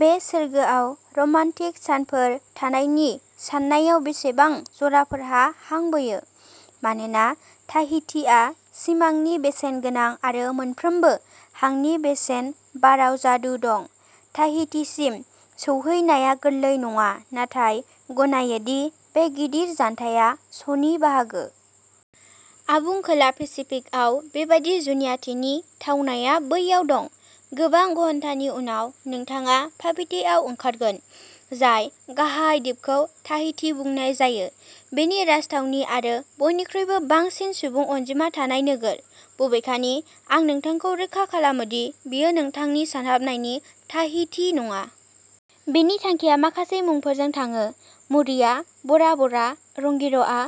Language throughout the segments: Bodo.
बे सोरगोआव रमान्टिक सानफोर थानायनि साननायाव बेसेबां जराफोरा हां बोयो? मानोना ताहितिआ सिमांनि बेसेनगोनां आरो मोनफ्रोमबो हांनि बेसेन बाराव जादु दं। ताहितिसिम सौहैनाया गोरलै नङा नाथाय गनायो दि बे गिदिर जानथाया श'नि बाहागो। आबुं खोला पेसिफिकआव बेबादि जुनियाथिनि थावनाया बैयाव दं। गोबां घन्टानि उनाव नोंथाङा पापीटेआव ओंखारगोन, जाय गाहाय दिपखौ ताहिति बुंनाय जायो बेनि राजथावनि आरो बयनिख्रुइबो बांसिन सुबुं अनजिमा थानाय नोगोर। बबेखानि, आं नोंथांखौ रोखा खालामो दि बेयो नोंथांनि सानहाबनायनि "ताहिति" नङा। बेनि थांखिया माखासे मुंफोरजों थाङो। मुरिया, बरा बरा, रंगिर'आ,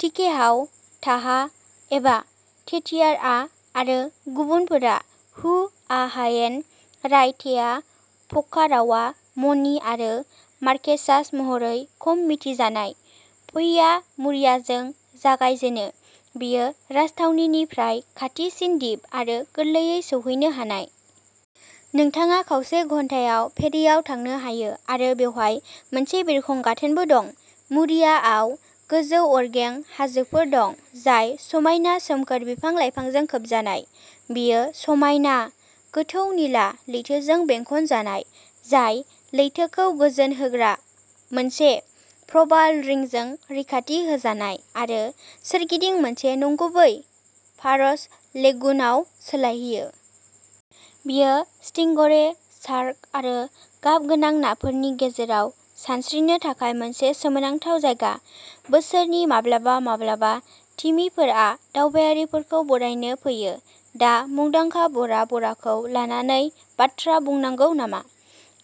टिकेहाउ, ताहा एबा तेतियार'आ आरो गुबुनफोरा हुआहाइन, रायतेया, फकारावा, मनि आरो मार्केसास महरै खम मिथिजानाय। फैया मुरियाजों जागाय जेनो। बेयो राजथावनिनिफ्राय खाथिसिन दिप आरो गोरलैयै सौहैनो हानाय। नोंथाङा खावसे घन्टायाव फेरिआव थांनो हायो आरो बेवहाय मोनसे बिरखं गाथोनबो दं। मुरियाआव गोजौ अरगें हाजोफोर दं, जाय समायना सोमखोर बिफां-लाइफांजों खोबजानाय। बेयो समायना, गोथौ निला लैथोजों बेंखनजानाय, जाय लैथोखौ गोजोन होग्रा मोनसे प्रबाल रिंजों रैखाथि होजानाय आरो सोरगिदिंखौ मोनसे नंगुबै फारज लेगुनआव सोलायहोयो। बेयो स्टिंगरे, शार्क आरो गाबगोनां नाफोरनि गेजेराव सानस्रिनो थाखाय मोनसे सोमोनांथाव जायगा। बोसोरनि माब्लाबा माब्लाबा, तिमिफोरा दावबायारिफोरखौ बरायनो फैयो। दा मुंदांखा बरा बराखौ लानानै बाथ्रा बुंनांगौ नामा?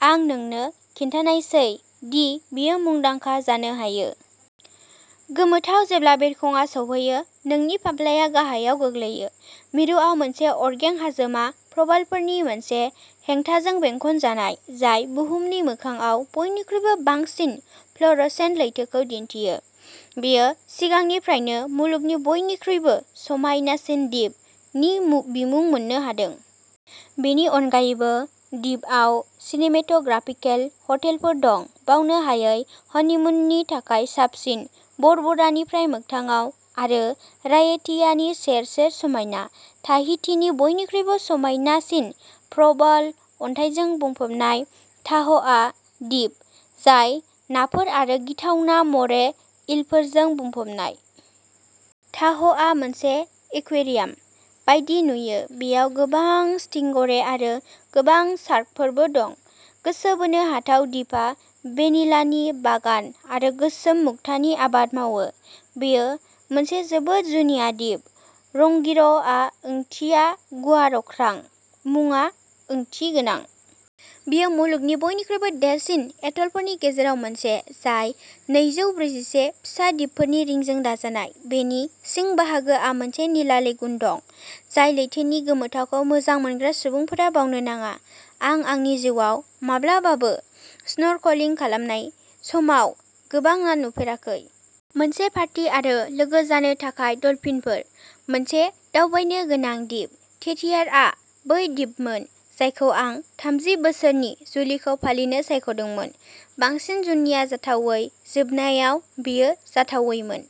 आं नोंनो खिन्थानायसै दि बेयो मुंदांखा जानो हायो। गोमोथाव जेब्ला बिरखंआ सौहैयो, नोंनि फाफ्लाया गाहायाव गोग्लैयो। मिरुआव मोनसे अरगें हाजोमा प्रबालफोरनि मोनसे हेंथाजों बेंखनजानाय जाय बुहुमनि मोखांआव बयनिख्रुइबो बांसिन फ्लर'सेन्ट लैथोखौ दिन्थियो। बेयो सिगांनिफ्रायनो "मुलुगनि बयनिख्रुइबो समायनासिन दिप" नि मुं बिमुं मोननो हादों। बेनि अनगायैबो दिपआव सिनेमेट'ग्राफिकेल हटेलफोर दं। बावनो हायै हनिमुननि थाखाय साबसिन। बर बरानिफ्राय मोगथाङाव आरो रायेटियानि सेर-सेर समायना। ताहितिनि बयनिख्रुइबो समायनासिन प्रबाल अन्थाइजों बुंफबनाय ताह'आ दिप, जाय नाफोर आरो गिथावना मरे ईलफोरजों बुंफबनाय। ताह'आ मोनसे एकुयेरियाम बायदि नुयो। बेयाव गोबां स्टिंगरे आरो गोबां शार्कफोरबो दं। गोसो बोनो हाथाव दिपा भेनिलानि बागान आरो गोसोम मुक्तानि आबाद मावो। बेयो मोनसे जोबोद जुनिया दिप। रंगिर'आ ओ ओंथिया "गुवार अख्रां"। मुङा ओंथिगोनां। बेयो मुलुगनि बयनिख्रुइबो देरसिन एट'लफोरनि गेजेराव मोनसे, जाय नैजौ ब्रैजिसे फिसा दिपफोरनि रिंजों दाजानाय। बेनि सिं बाहागोआ मोनसे निला लेगुन दं, जाय लैथोनि गोमोथावखौ मोजां मोनग्रा सुबुंफोरा बावनो नाङा। आं आंनि जिउआव माब्लाबाबो स्नर्कलिं खालामनाय समाव गोबां ना नुफेराखै। मोनसे पार्टी आरो लोगो जानो थाखाय डलफिनफोर। मोनसे दावबायनो गोनां दिप। तेतियारआ बै दिपमोन जायखौ आं थामजि बोसोरनि जुलिखौ फालिनो सायख'दोंमोन। बांसिन जुनिया जाथावै, जोबनायाव, बेयो जाथावैमोन।